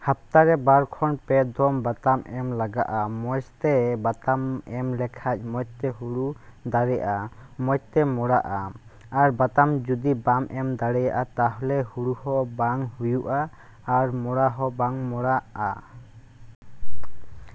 ᱦᱟᱯᱛᱟᱨᱮ, ᱵᱟᱨ ᱠᱷᱚᱱ ᱯᱮ ᱫᱚᱢ ᱵᱟᱛᱟᱱ ᱮᱢ ᱞᱟᱜᱟᱜᱼᱟ᱾ ᱢᱚᱡᱽ ᱛᱮ ᱵᱟᱛᱟᱱ ᱮᱢ ᱞᱮᱠᱷᱟᱡ ᱢᱚᱡᱽ ᱛᱮ ᱦᱩᱲᱩ ᱫᱟᱨᱮᱜᱼᱟ, ᱢᱚᱡᱽ ᱛᱮ ᱢᱚᱲᱟᱜᱼᱟ᱾ ᱟᱨ ᱵᱟᱛᱟᱱ ᱡᱩᱫᱤ ᱵᱟᱢ ᱮᱢ ᱫᱟᱲᱮᱭᱟᱜᱼᱟ ᱛᱟᱦᱚᱞᱮ ᱦᱩᱲᱩ ᱦᱚᱸ ᱵᱟᱝ ᱦᱩᱭᱩᱜᱼᱟ ᱟᱨ ᱢᱚᱲᱟ ᱦᱚᱸ ᱵᱟᱝ ᱢᱚᱲᱟᱜᱼᱟ᱾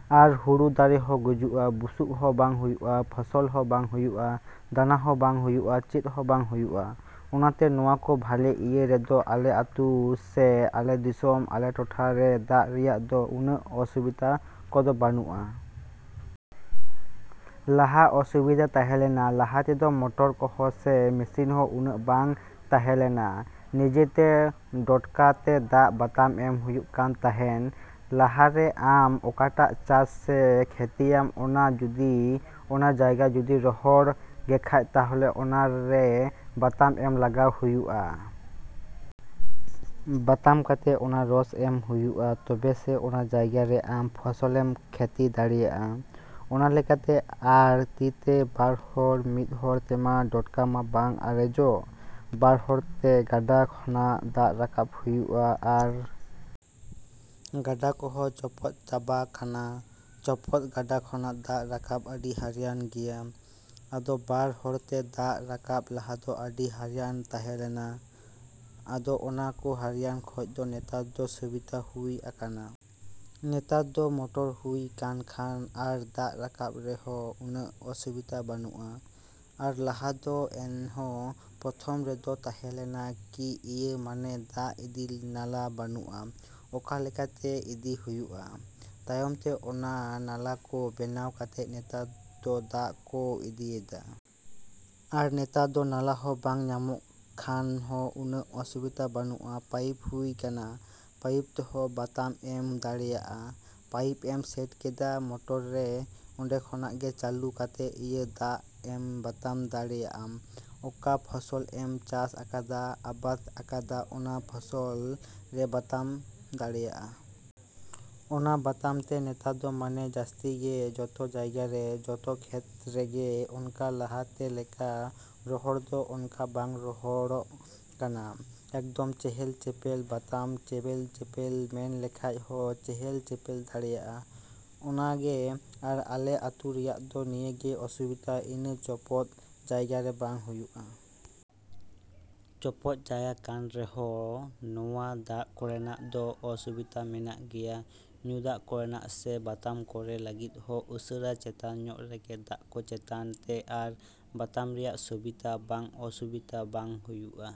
ᱟᱨ ᱦᱩᱲᱩ ᱫᱟᱨᱮ ᱦᱚᱸ ᱜᱩᱡᱩᱜᱼᱟ, ᱵᱩᱥᱩᱵ ᱦᱚᱸ ᱵᱟᱝ ᱦᱩᱭᱩᱜᱼᱟ, ᱯᱷᱚᱥᱚᱞ ᱦᱚᱸ ᱵᱟᱝ ᱦᱩᱭᱩᱜᱼᱟ, ᱫᱟᱱᱟ ᱦᱚᱸ ᱵᱟᱝ ᱦᱩᱭᱩᱜᱼᱟ, ᱪᱮᱫ ᱦᱚᱸ ᱵᱟᱝ ᱦᱩᱭᱩᱜᱼᱟ᱾ ᱚᱱᱟᱛᱮ ᱱᱚᱣᱟ ᱠᱚ ᱵᱷᱟᱞᱮ, ᱤᱭᱟᱹ ᱨᱮᱫᱚ, ᱟᱞᱮ ᱟᱹᱛᱩ ᱥᱮ ᱟᱞᱮ ᱫᱤᱥᱚᱢ, ᱟᱞᱮ ᱴᱚᱴᱷᱟ ᱨᱮ ᱫᱟᱜ ᱨᱮᱭᱟᱜ ᱫᱚ ᱩᱱᱟᱹᱜ ᱚᱥᱩᱵᱤᱫᱷᱟ ᱠᱚᱫᱚ ᱵᱟᱹᱱᱩᱜᱼᱟ᱾ ᱞᱟᱦᱟ ᱚᱥᱤᱵᱤᱫᱷᱟ ᱛᱟᱦᱮᱸ ᱞᱮᱱᱟ, ᱞᱟᱦᱟ ᱛᱮᱫᱚ ᱢᱚᱴᱚᱨ ᱠᱚᱦᱚᱸ ᱥᱮ ᱢᱮᱥᱤᱱ ᱠᱚ ᱩᱱᱟᱹᱜ ᱵᱟᱝ ᱛᱟᱦᱮᱸ ᱞᱮᱱᱟ᱾ ᱱᱤᱡᱮ ᱛᱮ ᱰᱚᱠᱠᱟ ᱛᱮ ᱫᱟᱜ ᱵᱟᱛᱟᱱ ᱮᱢ ᱦᱩᱭᱩᱜ ᱠᱟᱱ ᱛᱟᱦᱮᱸᱱ᱾ ᱞᱟᱦᱟᱨᱮ ᱟᱢ ᱚᱠᱟᱴᱟᱜ ᱪᱟᱥ ᱥᱮ ᱠᱷᱮᱛᱤᱭᱟᱢ, ᱚᱱᱟ ᱡᱩᱫᱤᱢ, ᱚᱱᱟ ᱡᱟᱭᱜᱟ ᱡᱩᱫᱤ ᱨᱚᱦᱚᱲ ᱜᱮᱠᱷᱟᱡ ᱛᱟᱦᱚᱞᱮ ᱚᱱᱟᱨᱮ ᱵᱟᱛᱟᱱ ᱮᱢ ᱞᱟᱜᱟᱣ ᱦᱩᱭᱩᱜᱼᱟ᱾ ᱵᱟᱛᱟᱱ ᱠᱟᱛᱮᱫ ᱚᱱᱟ ᱨᱚᱥ ᱮᱢ ᱦᱩᱭᱩᱜᱼᱟ ᱛᱚᱵᱮ ᱥᱮ ᱚᱱᱟ ᱡᱟᱭᱜᱟ ᱨᱮ ᱟᱢ ᱯᱷᱚᱥᱚᱞᱮᱢ ᱠᱷᱮᱛᱤ ᱫᱟᱲᱮᱭᱟᱜᱼᱟ᱾ ᱚᱱᱟ ᱞᱮᱠᱟᱛᱮ ᱟᱨ ᱛᱤᱛᱮ ᱵᱟᱨ ᱦᱚᱲ, ᱢᱤᱫ ᱦᱚᱲ ᱛᱮᱢᱟ ᱰᱚᱠᱠᱟ ᱢᱟ ᱵᱟᱝ ᱟᱨᱮᱡᱚᱜᱼᱟ᱾ ᱵᱟᱨ ᱦᱚᱲ ᱛᱮ ᱜᱟᱰᱟ ᱠᱷᱚᱱᱟᱜ, ᱫᱟᱜ ᱨᱟᱠᱟᱵ ᱦᱩᱭᱩᱜ ᱟ ᱾ᱟᱨ ᱜᱟᱰᱟ ᱠᱚᱦᱚ ᱪᱚᱯᱚᱫ ᱪᱟᱵᱟ ᱠᱟᱱᱟ᱾ ᱪᱚᱯᱚᱫ ᱜᱟᱰᱟ ᱠᱷᱚᱱᱟᱜ ᱫᱟᱜ ᱨᱟᱠᱟᱵ ᱟᱹᱰᱤ ᱦᱟᱹᱨᱭᱟᱹᱱ ᱜᱮᱭᱟ᱾ ᱟᱫᱚ ᱵᱟᱨ ᱦᱚᱲ ᱛᱮ ᱫᱟᱜ ᱨᱟᱠᱟᱵ ᱞᱟᱦᱟ ᱫᱚ ᱟᱹᱰᱤ ᱦᱟᱹᱨᱭᱟᱹᱱ ᱛᱟᱦᱮᱸ ᱞᱮᱱᱟ᱾ ᱟᱫᱚ ᱚᱱᱟ ᱠᱚ ᱦᱟᱹᱨᱭᱟᱹᱱ ᱠᱷᱚᱡ ᱫᱚ ᱱᱮᱛᱟᱨ ᱫᱚ ᱥᱩᱵᱤᱫᱷᱟ ᱦᱩᱭ ᱟᱠᱟᱱᱟ᱾ ᱱᱮᱛᱟᱨ ᱫᱚ ᱢᱚᱴᱚᱨ ᱦᱩᱭ ᱠᱟᱱ ᱠᱷᱟᱱ ᱟᱨ ᱫᱟᱜ ᱨᱟᱠᱟᱵ ᱨᱮᱦᱚᱸ ᱩᱱᱟᱹᱜ ᱚᱥᱩᱵᱤᱫᱷᱟ ᱵᱟᱹᱱᱩᱜᱼᱟ᱾ ᱟᱨ ᱞᱟᱦᱟ ᱫᱚ ᱮᱱᱦᱚᱸ ᱯᱨᱚᱛᱷᱚᱢ ᱨᱮᱫᱚ ᱛᱟᱦᱮᱸ ᱞᱮᱱᱟ ᱠᱤ ᱤᱭᱟᱹ ᱢᱟᱱᱮ ᱫᱟᱜ ᱤᱫᱤ ᱱᱟᱞᱟ ᱵᱟᱹᱱᱩᱜᱼᱟ, ᱚᱠᱟ ᱞᱮᱠᱟᱛᱮ ᱤᱫᱤ ᱦᱩᱭᱩᱜᱼᱟ᱾ ᱛᱟᱭᱚᱢ ᱛᱮ ᱚᱱᱟ ᱱᱟᱞᱟ ᱠᱚ ᱵᱮᱱᱟᱣ ᱠᱟᱛᱮᱫ ᱱᱮᱛᱟᱨ ᱫᱚ ᱫᱟᱜ ᱠᱚ ᱤᱫᱤᱭᱮᱫᱟ᱾ ᱟᱨ ᱱᱮᱛᱟᱨ ᱫᱚ ᱱᱟᱞᱟ ᱦᱚᱸ ᱵᱟᱝ ᱧᱟᱢᱚᱜ ᱠᱷᱟᱱ ᱦᱚᱸ ᱩᱱᱟᱹᱜ ᱚᱥᱩᱵᱤᱫᱷᱟ ᱵᱟᱹᱱᱩᱜᱼᱟ, ᱯᱟᱭᱤᱯ ᱦᱩᱭ ᱠᱟᱱᱟ᱾ ᱯᱟᱭᱤᱯ ᱛᱮᱦᱚᱸ ᱵᱟᱛᱟᱱ ᱮᱢ ᱫᱟᱲᱮᱟᱜᱼᱟ᱾ ᱯᱟᱭᱤᱯ ᱮᱢ ᱥᱮᱴ ᱠᱮᱫᱟ ᱢᱚᱴᱚᱨ ᱨᱮ, ᱚᱸᱰᱮ ᱠᱷᱚᱱᱟᱜ ᱜᱮ ᱪᱟᱹᱞᱩ ᱠᱟᱛᱮᱜ ᱤᱭᱟᱹ ᱫᱟᱜ ᱮᱢ ᱵᱟᱛᱟᱱ ᱫᱟᱲᱮᱜᱼᱟᱢ ᱚᱠᱟ ᱯᱷᱚᱥᱚᱞ ᱮᱢ ᱪᱟᱥ ᱟᱠᱟᱫᱟ, ᱟᱵᱟᱫ ᱟᱠᱟᱫᱟ ᱚᱱᱟ ᱯᱷᱚᱥᱚᱞ ᱨᱮ ᱵᱟᱛᱟᱱ ᱫᱟᱲᱮᱭᱟᱜᱼᱟ᱾ ᱚᱱᱟ ᱵᱟᱛᱟᱱ ᱛᱮ ᱱᱮᱛᱟᱨ ᱫᱚ ᱢᱟᱱᱮ ᱡᱟᱹᱥᱛᱤ ᱜᱮ ᱡᱚᱛᱚ ᱡᱟᱭᱜᱟ ᱨᱮ, ᱡᱚᱛᱚ ᱠᱷᱮᱛ ᱨᱮᱜᱮ ᱚᱱᱠᱟ ᱞᱟᱦᱟᱛᱮ ᱞᱮᱠᱟ ᱨᱚᱦᱚᱲ ᱫᱚ ᱚᱱᱠᱟ ᱵᱟᱝ ᱨᱚᱦᱚᱲᱚᱜ ᱠᱟᱱᱟ᱾ ᱮᱠᱫᱚᱢ ᱪᱮᱦᱮᱞᱼᱪᱮᱯᱮᱞ, ᱵᱟᱛᱟᱱ ᱪᱮᱦᱮᱞᱼᱪᱮᱯᱮᱞ ᱢᱮᱱ ᱞᱮᱠᱷᱟᱡ ᱦᱚᱸ ᱪᱮᱦᱮᱞᱼᱪᱮᱯᱮᱞ ᱫᱟᱲᱮᱭᱟᱜᱼᱟ᱾ ᱚᱱᱟ ᱜᱮ, ᱟᱨ ᱟᱞᱮ ᱟᱹᱛᱩ ᱨᱮᱭᱟᱜ ᱫᱚ ᱱᱤᱭᱟᱹ ᱜᱮ ᱚᱥᱩᱵᱤᱫᱷᱟ ᱤᱱᱟᱹᱜ ᱪᱚᱯᱚᱫ ᱡᱟᱭᱜᱟ ᱨᱮ ᱵᱟᱝ ᱦᱩᱭᱩᱜᱼᱟ᱾ ᱪᱚᱯᱚᱫ ᱡᱟᱭᱜᱟ ᱠᱟᱱ ᱨᱮᱦᱚᱸ ᱱᱚᱣᱟ ᱫᱟᱜ ᱠᱚᱨᱮᱱᱟᱜ ᱫᱚ ᱚᱥᱩᱵᱤᱫᱷᱟ ᱢᱮᱱᱟᱜ ᱜᱮᱭᱟ ᱧᱩ ᱫᱟᱜ ᱠᱚᱨᱮᱱᱟᱜ ᱥᱮ ᱵᱟᱛᱟᱱ ᱠᱚᱨᱮ ᱞᱟᱹᱜᱤᱫ ᱦᱚᱸ ᱩᱥᱟᱹᱨᱟ ᱪᱮᱛᱟᱱ ᱧᱚᱜ ᱨᱮᱜᱮ ᱫᱟᱜ ᱠᱚ ᱪᱮᱛᱟᱱ ᱛᱮ ᱟᱨ ᱵᱟᱛᱟᱱ ᱨᱮᱭᱟᱜ ᱥᱩᱵᱤᱫᱷᱟ, ᱵᱟᱝ ᱚᱥᱩᱵᱤᱫᱷᱟ ᱵᱟᱝ ᱦᱩᱭᱩᱜᱼᱟ᱾